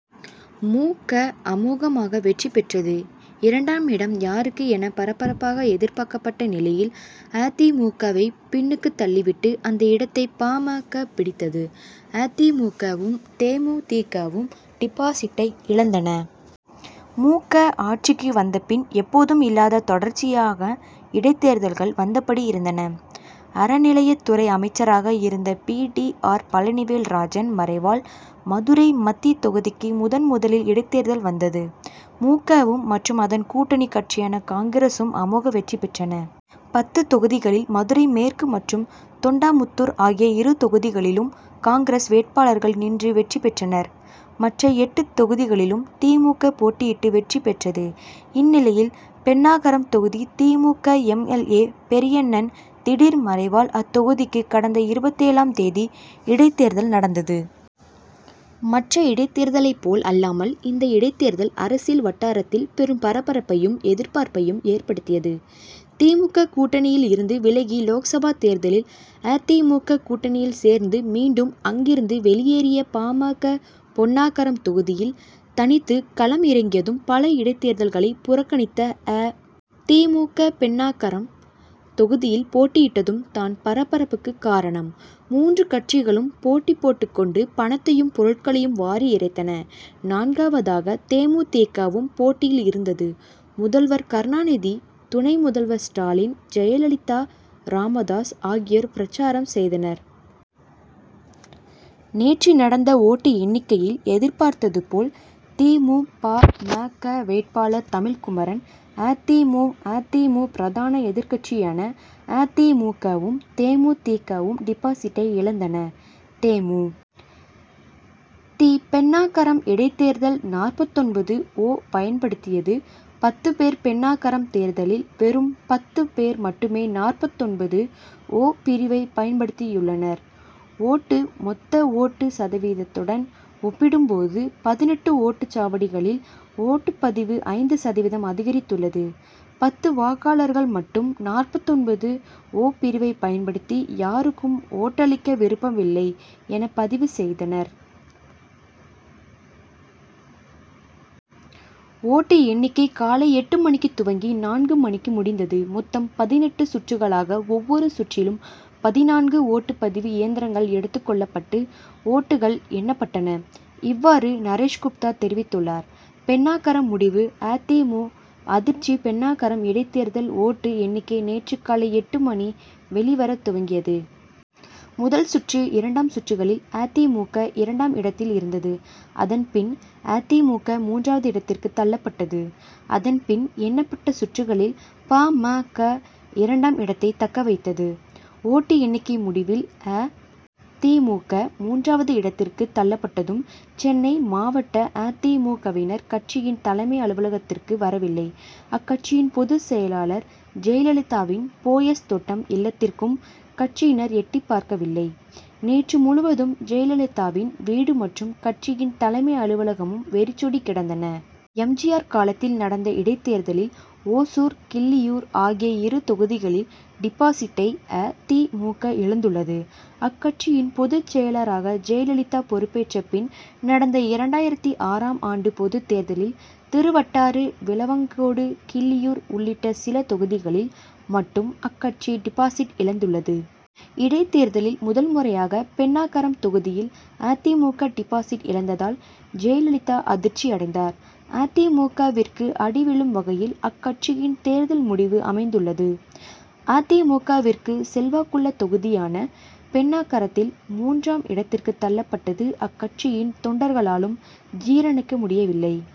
மு. க. அமோகமாக வெற்றி பெற்றது. இரண்டாம் இடம் யாருக்கு என பரபரப்பாக எதிர்பார்க்கப்பட்ட நிலையில் அ. தி. மு. க.வை பின்னுக்கு தள்ளிவிட்டு அந்த இடத்தை பா. ம. க. பிடித்தது. அ. தி. மு. க.வும் தே. மு. தி. க.வும் டிபாசிட் டை இழந்தன. மு. க. ஆட்சிக்கு வந்த பின் எப்போதும் இல்லாத தொடர்ச்சியாக இடைத்தேர்தல்கள் வந்தபடி இருந்தன. அறநிலையத்துறை அமைச்சராக இருந்த P. T. R. Palanivelrajan Madurai மதுரை மத்தி தொகுதிக்கு முதன் முதலில் இடைத்தேர்தல் வந்தது. மு. க.வும் மற்றும் அதன் கூட்டணி கட்சியான காங்கிரசும் அமோக வெற்றி பெற்றன. பத்து தொகுதிகளில் மதுரை மேற்கு மற்றும் தொண்டாமுத்தூர் ஆகிய இரு தொகுதிகளிலும் காங்கிரஸ் வேட்பாளர்கள் நின்று வெற்றி பெற்றனர். மற்ற எட்டு தொகுதிகளிலும் தி. மு. க. போட்டியிட்டு வெற்றி பெற்றது. இந்நிலையில் பென்னாகரம் தொகுதி தி. மு. க. எம். எல். ஏ. பெரியண்ணன் திடீர் மறைவால் அத்தொகுதிக்கு கடந்த இருபதஇருபத்தேழாம் தேதி இடைத்தேர்தல் நடந்தது. மற்ற இடைத்தேர்தலைப் போல் அல்லாமல் இந்த இடைத்தேர்தல் அரசியல் வட்டாரத்தில் பெரும் பரபரப்பையும் எதிர்பார்ப்பையும் ஏற்படுத்தியது. தி. மு. க. கூட்டணியில் இருந்து விலகி லோக்சபா தேர்தலில் அ. தி. மு. க. கூட்டணியில் சேர்ந்து மீண்டும் அங்கிருந்து வெளியேறிய பா. ம. க. பொன்னாகரம் தொகுதியில் தனித்து களம் இறங்கியதும் பல இடைத்தேர்தல்களை புறக்கணித்த அ. தி. மு. க. பென்னாகரம் தொகுதியில் போட்டியிட்டதும் தான் பரபரப்புக்கு காரணம். மூன்று கட்சிகளும் போட்டி போட்டுக் கொண்டு பணத்தையும் பொருட்களையும் வாரி இறைத்தன. நான்காவதாக தே. மு. தி. க.வும் போட்டியில் இருந்தது. முதல்வர் கருணாநிதி துணை முதல்வர் ஸ்டாலின், ஜெயலலிதா, ராமதாஸ் ஆகியோர் பிரச்சாரம் செய்தனர். நேற்று நடந்த ஓட்டு எண்ணிக்கையில் எதிர்பார்த்தது போல் தி. மு. பா. ம. க. வேட்பாளர் தமிழ்குமரன் அ. தி. மு. அ. தி. மு. பிரதான எதிர்க்கட்சியான அ. தி. மு. க.வும், தே. மு. தி. க.வும் டிபாசிட்டை இழந்தன. தே. மு. தி. பென்னாகரம் இடைத்தேர்தல் நாற்பத்தொன்பது-ஓ பயன்படுத்தியது பத்து பேர் பென்னாகரம் தேர்தலில் வெறும் பத்து பேர் மட்டுமே நாற்பத்தொன்பது -ஓ பிரிவை பயன்படுத்தியுள்ளனர். ஓட்டு மொத்த ஓட்டு சதவீதத்துடன் ஒப்பிடும் போது பதினெட்டு ஓட்டுச்சாவடிகளில் ஓட்டுப்பதிவு ஐந்து சதவீதம் அதிகரித்துள்ளது. பத்து வாக்காளர்கள் மட்டும் நாற்பத்தொன்பது -ஓ பிரிவைப் பயன்படுத்தி யாருக்கும் ஓட்டளிக்க விருப்பமில்லை என பதிவு செய்தனர். ஓட்டு எண்ணிக்கை காலை எட்டு மணிக்குத் துவங்கி நான்கு மணிக்கு முடிந்தது. மொத்தம் பதினெட்டு சுற்றுகளாக ஒவ்வொரு சுற்றிலும் பதினான்கு ஓட்டுப்பதிவு இயந்திரங்கள் எடுத்துக்கொள்ளப்பட்டு ஓட்டுகள் எண்ணப்பட்டன. இவ்வாறு நரேஷ் குப்தா தெரிவித்துள்ளார். பென்னாகரம் முடிவு அ. தி. மு. அதிர்ச்சி பென்னாகரம் இடைத்தேர்தல் ஓட்டு எண்ணிக்கை நேற்று காலை எட்டு மணி வெளிவரத் துவங்கியது. முதல் சுற்று, இரண்டாம் சுற்றுகளில் அ. தி. மு. க. இரண்டாம் இடத்தில் இருந்தது. அதன்பின் அ. தி. மு. க. மூன்றாவது இடத்திற்கு தள்ளப்பட்டது. அதன் பின் எண்ணப்பட்ட சுற்றுகளில் பா. ம. க. இரண்டாம் இடத்தை தக்க வைத்தது. ஓட்டு எண்ணிக்கை முடிவில் அ. தி. மு. க. மூன்றாவது இடத்திற்கு தள்ளப்பட்டதும் சென்னை மாவட்ட அ. தி. மு. க.வினர் கட்சியின் தலைமை அலுவலகத்திற்கு வரவில்லை. அக்கட்சியின் பொதுச்செயலாளர் ஜெயலலிதாவின் போயஸ் தோட்டம் இல்லத்திற்கும் கட்சியினர் எட்டிப்பார்க்கவில்லை. நேற்று முழுவதும் ஜெயலலிதாவின் வீடு மற்றும் கட்சியின் தலைமை அலுவலகமும் வெறிச்சோடி கிடந்தன. எம். ஜி. ஆர். காலத்தில் நடந்த இடைத்தேர்தலில் ஓசூர், கிள்ளியூர் ஆகிய இரு தொகுதிகளில் டிபாசிட்டை அ. தி. மு. க. இழந்துள்ளது. அக்கட்சியின் பொதுச் செயலராக ஜெயலலிதா பொறுப்பேற்ற பின் நடந்த இரண்டாயிரத்தி ஆறாம் ஆம் ஆண்டு பொதுத் தேர்தலில் திருவட்டாறு, விளவங்கோடு, கிள்ளியூர் உள்ளிட்ட சில தொகுதிகளில் மட்டும் அக்கட்சி டிபாசிட் இழந்துள்ளது. இடைத்தேர்தலில் முதல்முறையாக பென்னாகரம் தொகுதியில் அ. தி. மு. க. டிபாசிட் இழந்ததால் ஜெயலலிதா அதிர்ச்சி அடைந்தார். அ. தி. மு. க.விற்கு அடி விழும் வகையில் அக்கட்சியின் தேர்தல் முடிவு அமைந்துள்ளது. அ. தி. மு. க.விற்கு செல்வாக்குள்ள தொகுதியான பென்னாகரத்தில் மூன்றாம் இடத்திற்கு தள்ளப்பட்டது அக்கட்சியின் தொண்டர்களாலும் ஜீரணிக்க முடியவில்லை.